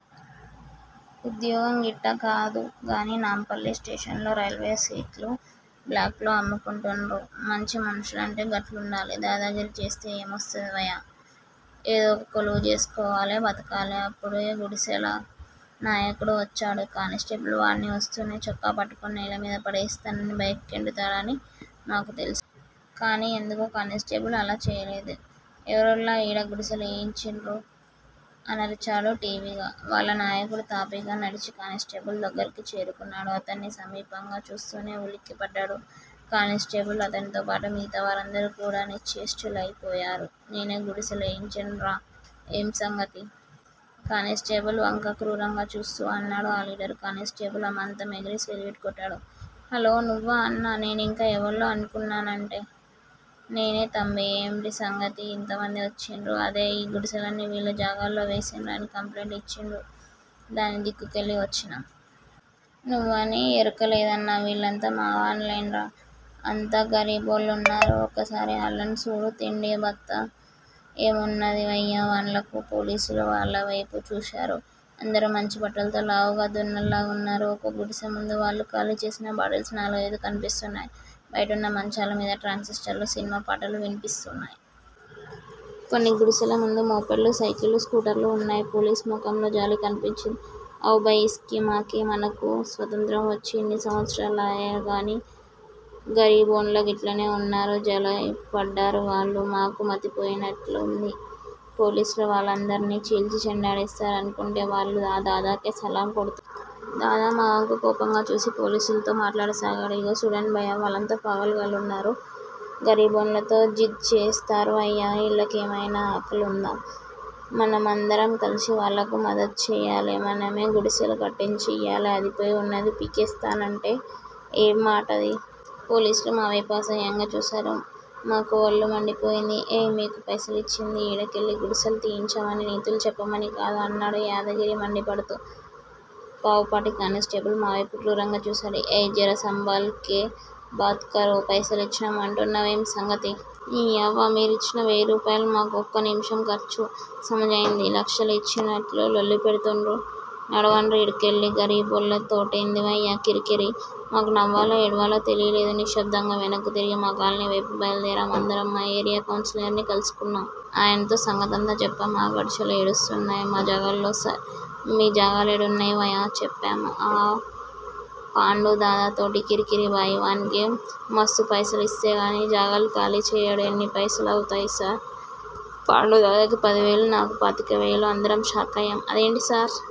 ఉద్యోగం గిట్టా కాదు గానీ నాంపల్లి స్టేషన్ లో రైల్వే సీట్లు బ్లాకులో అమ్ముకుంటున్రు! మంచి మనుషులంటే గట్లుండాలి! దాదాగిరి చేస్తే ఏమొస్తది వయా! ఏదొక కొలువు జేసుకోవాలె! బతకాలె! అప్పుడె గుడిసెల నాయకుడు వచ్చాడు. కానిస్టేబుల్ వాడిని వస్తూనే చొక్కా పట్టుకుని నేలమీద పడేసి తనని బయటకు గెంటుతాడని మాకు తెలుసు. కాని ఎందుకో కానిస్టేబుల్ అలా చేయలేదు. ఎవళ్ళురా ఈడ గుడిసెలేయించిన్రు? అనరిచాడు ఠీవిగా. వాళ్ళ నాయకుడు తాపీగా నడిచి కానిస్టేబుల్ దగ్గరకు చేరుకున్నాడు. అతనిని సమీపంగా చూస్తూనే ఉలిక్కిపడ్డాడు కానిస్టేబుల్ అతనితో పాటు మిగతా వారందరూ కూడా నిశ్చేష్టులయిపోయారు. నేనే గుడిసె లేయించాన్రా! ఏమ్ సంగతి? కానిస్టేబుల్ వంక క్రూరంగా చూస్తూ అన్నాడు ఆ లీడర్. కానిస్టేబుల్ అమాంతం ఎగిరి సెల్యూట్ కొట్టాడు. హలో! నువ్వా అన్నా! నేనింకా ఎవళ్ళో అనుకుంటున్నానే! నేనే తంబీ! ఏమిటి సంగతి ఇంతమంది వచ్చిన్రు? అదే! ఈ గుడిసెలన్నీ వీళ్ళ జాగాల్లో వేసిన్రని కంప్లెయింట్ ఇచ్చిన్రు! దాని దిక్కుకెళ్ళి వచ్చినాం! నువ్వని ఎరుకలేదన్నా వీళ్ళంతా మావాండ్లేరా! అంతా గరీబోళ్ళున్నారు. ఒక్కసారి ఆళ్ళను సూడు! తిండీ, బత్తా ఏమున్నదివయ్యా వాండ్లకు? పోలీసులు వాళ్ళవేపు చూశారు. అందరూ మంచి బట్టలతో లావుగా దున్నల్లాగున్నారు. ఒకో గుడిసె ముందూ వాళ్ళు ఖాళీ చేసిన బాటిల్స్ నాలుగయిదు కనిపిస్తున్నాయ్. బయటున్న మంచాల మీద ట్రాన్సిస్టర్లో సినిమా పాటలు వినిపిస్తున్నాయ్. కొన్ని గుడిసెల ముందు మోపెడ్లు, సైకిళ్ళు, స్కూటర్లు ఉన్నాయి. పోలీసు మొఖంలో జాలి కనిపించింది. అవ్ భయ్! ఇస్కీమాకీ- మనకు స్వతంత్రం వచ్చి ఇన్ని సంవత్సరాలాయెగానీ గరిబోండ్లు గిట్లనే ఉన్నారు జలైపడ్డారు వాళ్ళు. మాకు మతిపోయినట్లయింది. పోలీసులు వాళ్ళందర్నీ చీల్చి చెండాడేస్తారనుకుంటే వాళ్ళు ఆ దాదాకే సలాం కొడుతున్నారు. దాదా మా వంక కోపంగా చూసి పోలీసులతో మాట్లాడ సాగాడు. ఇగో సూడండి భయ్యా! వాళ్ళంతా పాగల్ గాళ్ళున్నారు! గరీబోండ్లతో జిద్ చేస్తారు వయ్యా? ఈళ్ళకేమయినా అకల్ ఉన్నదా? మనమందరం కలిసి వాండ్లకు మదద్ చేయాలె! మనమే గుడిసెలు కట్టించి ఇయ్యాలే! అదిపోయి ఉన్నది పీకేస్తానంటే ఏమ్మాటది? పోలీసులు మావేపు అసహ్యంగా చూశారు. మాకు వళ్ళు మండిపోయింది. ఏయ్! మీకు పైసిలిచ్చింది ఈడకెళ్ళి గుడిసెలు తీయించమని నీతులు చెప్పమని కాదు అన్నాడు యాదగిరి మండిపడుతూ. పావుపాటి కానిస్టేబుల్ మావేపు క్రూరంగా చూశాడు. ఏయ్! జర సంబాల్ కే బాత్ కరో! పైసలిచ్చినం అంటున్నావేం సంగతి? నీయవ్వ మీరిచ్చిన వెయ్యిరూపాయలు మాకు ఒక్క నిముషం ఖర్చు! సమజయింది? లక్షల ఇచ్చినట్లు లొల్లి పెడుతున్రు! నడవండ్రి ఈడకెళ్ళి! గరీబోళ్ల తోటేందివయ్యా కిరికిరి! మాకు నవ్వాలో ఏడవాలో తెలీలేదు. నిశ్శబ్దంగా వెనక్కు తిరిగి మా కాలనీ వేపు బయల్దేరాం. అందరం మా ఏరియా కౌన్సిలర్ ని కలుసుకున్నాం. ఆయన్తో సంగతంతా జెప్పాం. ఆ గుడిసెలు ఏడున్నాయ్? మా జగాల్లో సార్? మీ జగాలేడున్నయ్ వయా? చెప్పాం. ఆ పాండూదాదాతోటి కిరికిరి భాయ్. వానికి మస్తు పైసలిస్తేగానీ జగాలు ఖాళీ చేయడు ఎన్ని పైసలవుతయ్ సార్? పాండుదాదాకి పదివేలు! నాకు పాతికవేలు! అందరం షాకయ్యాం. అదేంటి సార్!